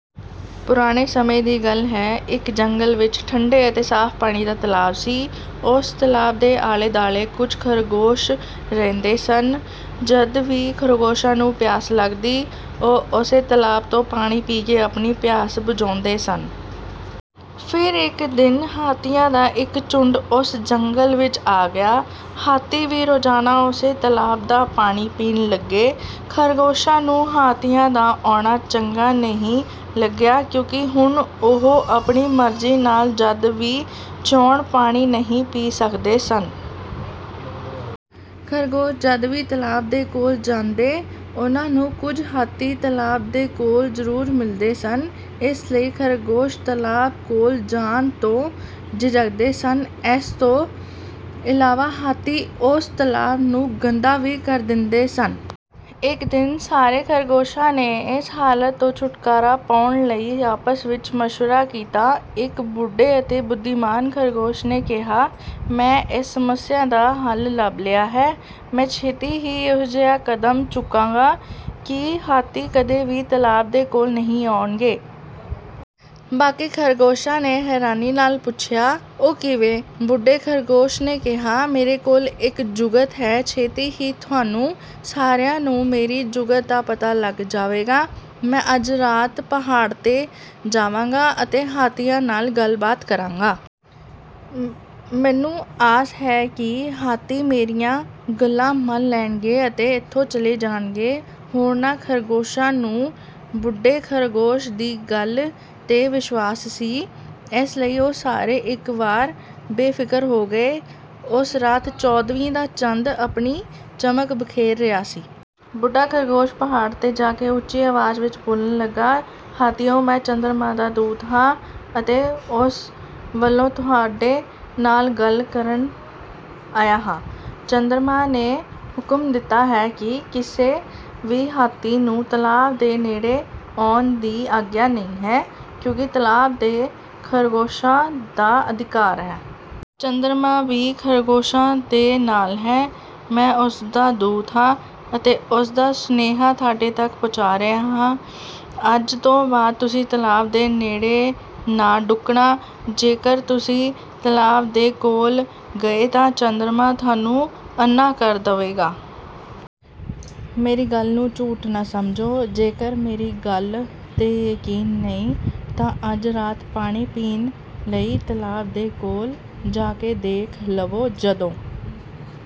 ਪੁਰਾਣੇ ਸਮੇਂ ਦੀ ਗੱਲ ਹੈ। ਇੱਕ ਜੰਗਲ ਵਿੱਚ ਠੰਢੇ ਅਤੇ ਸਾਫ਼ ਪਾਣੀ ਦਾ ਤਲਾਬ ਸੀ। ਉਸ ਤਲਾਬ ਦੇ ਆਲੇ-ਦੁਆਲੇ ਕੁਝ ਖ਼ਰਗੋਸ਼ ਰਹਿੰਦੇ ਸਨ। ਜਦ ਵੀ ਖ਼ਰਗੋਸ਼ਾਂ ਨੂੰ ਪਿਆਸ ਲੱਗਦੀ, ਉਹ ਉਸੇ ਤਲਾਬ ਤੋਂ ਪਾਣੀ ਪੀ ਕੇ ਆਪਣੀ ਪਿਆਸ ਬੁਝਾਉਂਦੇ ਸਨ। ਫਿਰ ਇੱਕ ਦਿਨ ਹਾਥੀਆਂ ਦਾ ਇੱਕ ਝੁੰਡ ਉਸ ਜੰਗਲ ਵਿੱਚ ਆ ਗਿਆ। ਹਾਥੀ ਵੀ ਰੋਜ਼ਾਨਾ ਉਸੇ ਤਲਾਬ ਦਾ ਪਾਣੀ ਪੀਣ ਲੱਗੇ। ਖ਼ਰਗੋਸ਼ਾਂ ਨੂੰ ਹਾਥੀਆਂ ਦਾ ਆਉਣਾ ਚੰਗਾ ਨਹੀਂ ਲੱਗਿਆ ਕਿਉਂਕਿ ਹੁਣ ਉਹ ਆਪਣੀ ਮਰਜ਼ੀ ਨਾਲ ਜਦ ਵੀ ਚਾਹੁਣ ਪਾਣੀ ਨਹੀਂ ਪੀ ਸਕਦੇ ਸਨ। ਖ਼ਰਗੋਸ਼ ਜਦ ਵੀ ਤਲਾਬ ਦੇ ਕੋਲ ਜਾਂਦੇ, ਉਹਨਾਂ ਨੂੰ ਕੁਝ ਹਾਥੀ ਤਲਾਬ ਦੇ ਕੋਲ ਜ਼ਰੂਰ ਮਿਲਦੇ ਸਨ, ਇਸ ਲਈ ਖ਼ਰਗੋਸ਼ ਤਲਾਬ ਕੋਲ ਜਾਣ ਤੋਂ ਝਿਜਕਦੇ ਸਨ। ਇਸ ਤੋਂ ਇਲਾਵਾ ਹਾਥੀ ਉਸ ਤਲਾਬ ਨੂੰ ਗੰਦਾ ਵੀ ਕਰ ਦਿੰਦੇ ਸਨ। ਇੱਕ ਦਿਨ ਸਾਰੇ ਖ਼ਰਗੋਸ਼ਾਂ ਨੇ ਇਸ ਹਾਲਤ ਤੋਂ ਛੁਟਕਾਰਾ ਪਾਉਣ ਲਈ ਆਪਸ ਵਿੱਚ ਮਸ਼ਵਰਾ ਕੀਤਾ। ਇੱਕ ਬੁੱਢੇ ਅਤੇ ਬੁੱਧੀਮਾਨ ਖ਼ਰਗੋਸ਼ ਨੇ ਕਿਹਾ, "ਮੈਂ ਇਸ ਸਮੱਸਿਆ ਦਾ ਹੱਲ ਲੱਭ ਲਿਆ ਹੈ। ਮੈਂ ਛੇਤੀ ਹੀ ਇਹੋ ਜਿਹਾ ਕਦਮ ਚੁੱਕਾਂਗਾ ਕਿ ਹਾਥੀ ਕਦੇ ਵੀ ਤਲਾਬ ਦੇ ਕੋਲ ਨਹੀਂ ਆਉਣਗੇ।" ਬਾਕੀ ਖ਼ਰਗੋਸ਼ਾਂ ਨੇ ਹੈਰਾਨੀ ਨਾਲ ਪੁੱਛਿਆ, "ਉਹ ਕਿਵੇਂ?" ਬੁੱਢੇ ਖ਼ਰਗੋਸ਼ ਨੇ ਕਿਹਾ, "ਮੇਰੇ ਕੋਲ ਇੱਕ ਜੁਗਤ ਹੈ, ਛੇਤੀ ਹੀ ਤੁਹਾਨੂੰ ਸਾਰਿਆਂ ਨੂੰ ਮੇਰੀ ਜੁਗਤ ਦਾ ਪਤਾ ਲੱਗ ਜਾਵੇਗਾ। ਮੈਂ ਅੱਜ ਰਾਤ ਪਹਾੜ 'ਤੇ ਜਾਵਾਂਗਾ ਅਤੇ ਹਾਥੀਆਂ ਨਾਲ ਗੱਲਬਾਤ ਕਰਾਂਗਾ। ਮੈਨੂੰ ਆਸ ਹੈ ਕਿ ਹਾਥੀ ਮੇਰੀਆਂ ਗੱਲਾਂ ਮੰਨ ਲੈਣਗੇ ਅਤੇ ਇੱਥੋਂ ਚਲੇ ਜਾਣਗੇ।" ਹੋਰਨਾਂ ਖ਼ਰਗੋਸ਼ਾਂ ਨੂੰ ਬੁੱਢੇ ਖ਼ਰਗੋਸ਼ ਦੀ ਗੱਲ 'ਤੇ ਵਿਸ਼ਵਾਸ ਸੀ, ਇਸ ਲਈ ਉਹ ਸਾਰੇ ਇੱਕ ਵਾਰ ਬੇਫ਼ਿਕਰ ਹੋ ਗਏ। ਉਸ ਰਾਤ ਚੌਦਵੀਂ ਦਾ ਚੰਦ ਆਪਣੀ ਚਮਕ ਬਿਖੇਰ ਰਿਹਾ ਸੀ। ਬੁੱਢਾ ਖ਼ਰਗੋਸ਼ ਪਹਾੜ 'ਤੇ ਜਾ ਕੇ ਉੱਚੀ ਆਵਾਜ਼ ਵਿੱਚ ਬੋਲਣ ਲੱਗਾ, "ਹਾਥੀਓ, ਮੈਂ ਚੰਦਰਮਾ ਦਾ ਦੂਤ ਹਾਂ ਅਤੇ ਉਸ ਵੱਲੋਂ ਤੁਹਾਡੇ ਨਾਲ ਗੱਲ ਕਰਨ ਆਇਆ ਹਾਂ। ਚੰਦਰਮਾ ਨੇ ਹੁਕਮ ਦਿੱਤਾ ਹੈ ਕਿ ਕਿਸੇ ਵੀ ਹਾਥੀ ਨੂੰ ਤਲਾਬ ਦੇ ਨੇੜੇ ਆਉਣ ਦੀ ਆਗਿਆ ਨਹੀਂ ਹੈ ਕਿਉਂਕਿ ਤਲਾਬ 'ਤੇ ਖ਼ਰਗੋਸ਼ਾਂ ਦਾ ਅਧਿਕਾਰ ਹੈ। ਚੰਦਰਮਾ ਵੀ ਖ਼ਰਗੋਸ਼ਾਂ ਦੇ ਨਾਲ ਹੈ। ਮੈਂ ਉਸ ਦਾ ਦੂਤ ਹਾਂ ਅਤੇ ਉਸ ਦਾ ਸੁਨੇਹਾ ਤੁਹਾਡੇ ਤੱਕ ਪਹੁੰਚਾ ਰਿਹਾ ਹਾਂ। ਅੱਜ ਤੋਂ ਬਾਅਦ ਤੁਸੀਂ ਤਲਾਬ ਦੇ ਨੇੜੇ ਨਾ ਢੁਕਣਾ। ਜੇਕਰ ਤੁਸੀਂ ਤਲਾਬ ਦੇ ਕੋਲ ਗਏ ਤਾਂ ਚੰਦਰਮਾ ਤੁਹਾਨੂੰ ਅੰਨ੍ਹਾ ਕਰ ਦੇਵੇਗਾ। ਮੇਰੀ ਗੱਲ ਨੂੰ ਝੂਠ ਨਾ ਸਮਝੋ, ਜੇਕਰ ਮੇਰੀ ਗੱਲ 'ਤੇ ਯਕੀਨ ਨਹੀਂ ਤਾਂ ਅੱਜ ਰਾਤ ਪਾਣੀ ਪੀਣ ਲਈ ਤਲਾਬ ਦੇ ਕੋਲ ਜਾ ਕੇ ਦੇਖ ਲਵੋ।"ਜਦੋਂ